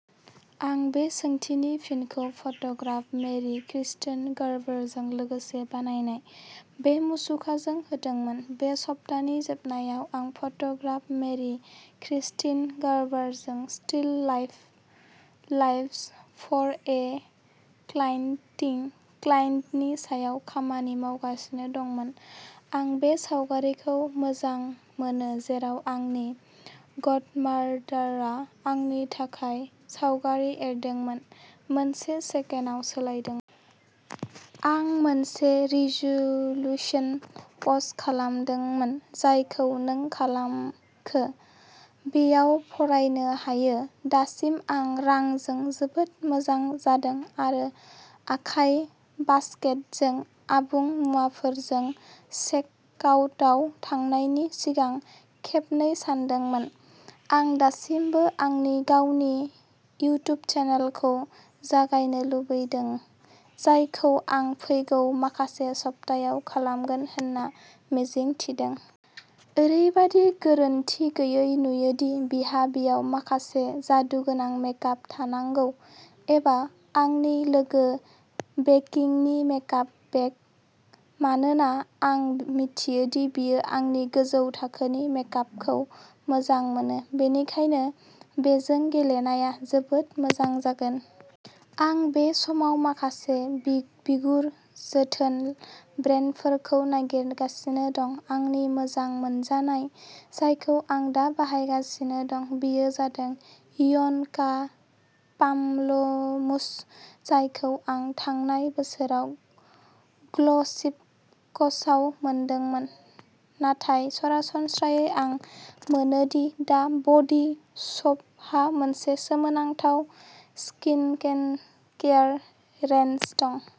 आं बे सोंथिनि फिनखौ फट'ग्राफार मेरि-क्रिस्टिन गार्बारजों लोगोसे बानायनाय बे मुसुखाजों होदोंमोन। बे सप्तानि जोबनायाव आं फट'ग्राफार मेरि-क्रिस्टिन गार्बारजों स्टिल लाइफ्स फर ए क्लाइन्टनि सायाव खामानि मावगासिनो दंमोन। आं बे सावगारिखौ मोजां मोनो, जेराव आंनि गडमादारआ आंनि थाखाय सावगारि एरदोंमोन, मोनसे स्टेन्डआव सोलायदोंमोन। आं मोनसे रिज'लुसन पस्ट खालामदोंमोन, जायखौ नों खालामखो! बेयाव फरायनो हायो। दासिम आं रांजों जोबोद मोजां जादों आरो आखाइ/बासकेटजों आबुं मुवाफोरजों चेकआउटआव थांनायनि सिगां खेबनै सानदोंमोन। आं दासिमबो आंनि गावनि इउट्युब चेनेलखौ जागायनो लुबैदों, जायखौ आं फैगौ माखासे सप्तायाव खालामगोन होनना मिजिं थिदों। ओरैबादि गोरोनथि गैयै नुयो दि बिथांहा बेयाव माखासे जादुगोनां मेकआप थानांगौ-एबा आंनि लोगो बेकिनि मेकआप बेग, मानोना आं मिथियो दि बियो गावनि गोजौ थाखोनि मेकआपखौ मोजां मोनो, बेनिखायनो बेजों गेलेनाया जोबोद मोजां जागोन। आं बे समाव माखासे बिगुर जोथोन ब्रान्डफोरखौ नागिरगासिनो दं, आंनि मोजां मोनजानाय जायखौ आं दा बाहायगासिनो दं, बेयो जादों यन का पामलमुस, जायखौ आं थांनाय बोसोराव ग्ल'सिबक्सआव मोनदोंमोन, नाथाय सरासनस्रायै आं मोनो दि दा बडी श'पहा मोनसे सोमोनांथाव स्किनकेयार रेन्ज दं।